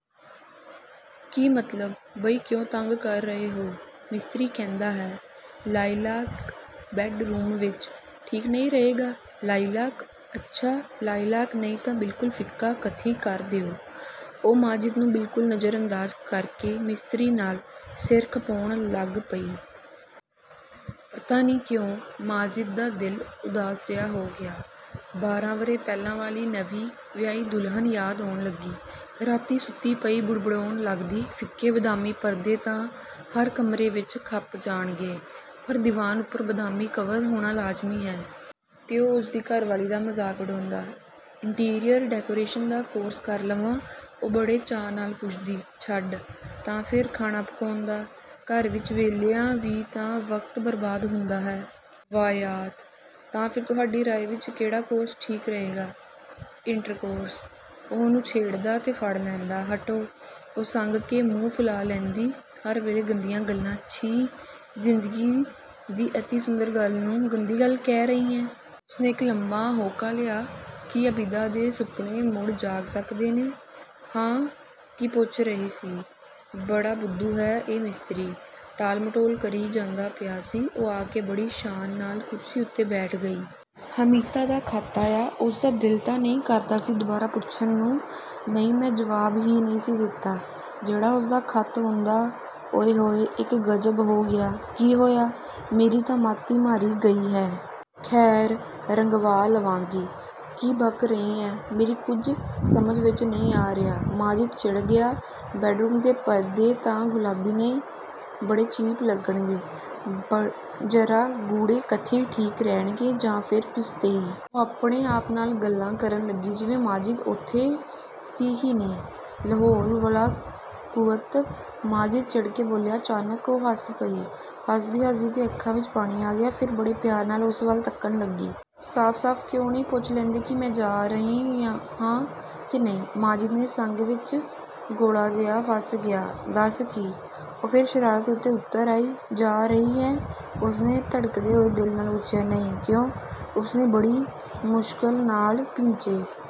"ਕੀ ਮਤਲਬ?" "ਬਈ, ਕਿਉਂ ਤੰਗ ਕਰ ਰਹੇ ਹੋ? ਮਿਸਤਰੀ ਕਹਿੰਦਾ ਹੈ ਲਾਈਲਾਕ ਬੈੱਡ ਰੂਮ ਵਿੱਚ ਠੀਕ ਨਹੀਂ ਰਹੇਗਾ।" "ਲਾਈਲਾਕ?" "ਅੱਛਾ ਲਾਈਲਾਕ ਨਹੀਂ ਤਾਂ ਬਿਲਕੁਲ ਫਿੱਕਾ ਕਥਈ ਕਰ ਦਿਓ।" ਓਹ ਮਾਜਿਦ ਨੂੰ ਬਿਲਕੁਲ ਨਜ਼ਰਅੰਦਾਜ਼ ਕਰਕੇ ਮਿਸਤਰੀ ਨਾਲ ਸਿਰ ਖਪਾਉਣ ਲੱਗ ਪਈ। ਪਤਾ ਨਹੀਂ ਕਿਉਂ ਮਾਜਿਦ ਦਾ ਦਿਲ ਉਦਾਸ ਜਿਹਾ ਹੋ ਗਿਆ। ਬਾਰਾਂ ਵਰ੍ਹੇ ਪਹਿਲਾਂ ਵਾਲੀ ਨਵੀਂ ਵਿਆਹੀ ਦੁਲਹਨ ਯਾਦ ਆਉਣ ਲੱਗੀ। ਰਾਤੀਂ ਸੁੱਤੀ ਪਈ ਬੁੜਬੁੜਾਉਣ ਲੱਗਦੀ "ਫਿੱਕੇ ਬਦਾਮੀ ਪਰਦੇ ਤਾਂ ਹਰ ਕਮਰੇ ਵਿੱਚ ਖਪ ਜਾਣਗੇ, ਪਰ ਦੀਵਾਨ ਉੱਪਰ ਬਦਾਮੀ ਕਵਰ ਹੋਣਾ ਲਾਜ਼ਮੀ ਹੈ।" ਤੇ ਓਹ ਉਸਦੀ ਘਰਬਾਰੀ ਦਾ ਮਜ਼ਾਕ ਉਡਾਉਂਦਾ। "ਇੰਟੀਰੀਅਰ ਡੈਕੋਰੇਸ਼ਨ ਦਾ ਕੋਰਸ ਕਰ ਲਵਾਂ?" ਓਹ ਬੜੇ ਚਾਅ ਨਾਲ ਪੁੱਛਦੀ। "ਛੱਡ--" "ਤਾਂ ਫਿਰ ਖਾਣਾ ਪਕਾਉਣ ਦਾ? ਘਰ ਵਿੱਚ ਵਿਹਲਿਆਂ ਵੀ ਤਾਂ ਵਕਤ ਬਰਬਾਦ ਹੁੰਦਾ ਹੈ।" "ਵਾਹਯਾਤ!" "ਤਾਂ ਫਿਰ ਤੁਹਾਡੀ ਰਾਏ ਵਿੱਚ ਕਿਹੜਾ ਕੋਰਸ ਠੀਕ ਰਹੇਗਾ?" "ਇੰਟਰਕੋਰਸ।" ਓਹ ਉਸਨੂੰ ਛੇੜਦਾ ਤੇ ਫੜ੍ਹ ਲੈਂਦਾ। "ਹਟੋ!" ਓਹ ਸੰਗ ਕੇ ਮੂੰਹ ਫੁਲਾ ਲੈਂਦੀ, "ਹਰ ਵੇਲੇ ਗੰਦੀਆਂ ਗੱਲਾਂ। ਛੀ--" "ਜ਼ਿੰਦਗੀ ਦੀ ਅਤਿ ਸੁੰਦਰ ਗੱਲ ਨੂੰ, ਗੰਦੀ ਗੱਲ ਕਹਿ ਰਹੀ ਹੈਂ!" ਉਸਨੇ ਇੱਕ ਲੰਮਾ ਹੋਕਾ ਲਿਆ। ਕੀ ਏ ਬਿਦਾ ਦੇ ਸੁਪਨੇ ਮੁੜ ਜਾਗ ਸਕਦੇ ਨੇ? "ਹਾਂ ਕੀ ਪੁੱਛ ਰਹੇ ਸੀ? ਬੜਾ ਬੁੱਧੂ ਹੈ ਇਹ ਮਿਸਤਰੀ। ਟਾਲ-ਮਟੋਲ ਕਰੀ ਜਾਂਦਾ ਪਿਆ ਸੀ।" ਓ ਆ ਕੇ ਬੜੀ ਸ਼ਾਨ ਨਾਲ ਕੁਰਸੀ ਉੱਤੇ ਬੈਠ ਗਈ। "ਹਮੀਦਾ ਦਾ ਖ਼ਤਾ ਆ?" ਉਸ ਦਿਲ ਤਾਂ ਨਹੀਂ ਕਰਦਾ ਸੀ ਦੁਬਾਰਾ ਪੁੱਛਣ ਨੂੰ। "ਨਹੀਂ, ਮੈਂ ਜਵਾਬ ਹੀ ਨਹੀਂ ਸੀ ਦਿੱਤਾ, ਜਿਹੜਾ ਉਸਦਾ ਖ਼ਤ ਆਉਂਦਾ। ਓਏ-ਹੋਏ-- ਇੱਕ ਗ਼ਜ਼ਬ ਹੋ ਗਿਆ!" "ਕੀ ਹੋਇਆ?" "ਮੇਰੀ ਤਾਂ ਮੱਤ ਹੀ ਮਾਰੀ ਗਈ ਹੈ। ਖੈਰ, ਰੰਗਵਾ ਲਵਾਂਗੀ।" "ਕੀ ਬਕ ਰਹੀ ਹੈਂ, ਮੇਰੀ ਕੁਝ ਸਮਝ ਵਿੱਚ ਨਹੀਂ ਆ ਰਿਹਾ।" ਮਾਜਿਦ ਚਿੜ ਗਿਆ। "ਬੈੱਡ-ਰੂਮ ਦੇ ਪਰਦੇ ਤਾਂ ਗੁਲਾਬੀ ਨੇ। ਬੜੇ ਚੀਪ ਲੱਗਣਗੇ। ਜ਼ਰਾ ਗੂੜ੍ਹੇ ਕਥਈ ਠੀਕ ਰਹਿਣਗੇ ਜਾਂ ਫਿਰ ਪਿਸਤੇਈ।" ਓ ਆਪਣੇ ਆਪ ਨਾਲ ਗੱਲਾਂ ਕਰਨ ਲੱਗੀ, ਜਿਵੇਂ ਮਾਜਿਦ ਉੱਥੇ ਸੀ ਹੀ ਨਹੀਂ। "ਲਾਹੌਲ-ਵਲਾ-ਕੂਵੱਤ।" ਮਾਜਿਦ ਚਿੜ ਕੇ ਬੋਲਿਆ। ਅਚਾਨਕ ਓ ਹੱਸ ਪਈ। ਹੱਸਦੀ-ਹੱਸਦੀ ਦੀਆਂ ਅੱਖਾਂ ਵਿੱਚ ਪਾਣੀ ਆ ਗਿਆ। ਫਿਰ ਬੜੇ ਪਿਆਰ ਨਾਲ ਉਸ ਵੱਲ ਤੱਕਣ ਲੱਗੀ। "ਸਾਫ-ਸਾਫ ਕਿਉਂ ਨਈ ਪੁੱਛ ਲੈਂਦੀ ਕਿ ਮੈਂ ਜਾ ਰਹੀ ਹਾਂ ਕਿ ਨਹੀਂ?" ਮਾਜਿਦ ਦੇ ਸੰਘ ਵਿੱਚ ਗੋਲਾ ਜਿਹਾ ਫਸ ਗਿਆ। "ਦੱਸ--" "ਕੀ?" ਓ ਫਿਰ ਸ਼ਰਾਰਤ ਉੱਤੇ ਉਤਰ ਆਈ। "ਜਾ ਰਹੀ ਹੈਂ?" ਉਸਨੇ ਧੜਕਦੇ ਹੋਏ ਦਿਲ ਨਾਲ ਪੁੱਛਿਆ। "ਨਹੀਂ।" "ਕਿਉਂ?" ਉਸਨੇ ਬੜੀ ਮੁਸ਼ਕਲ ਨਾਲ ਭਿੰਚੇ।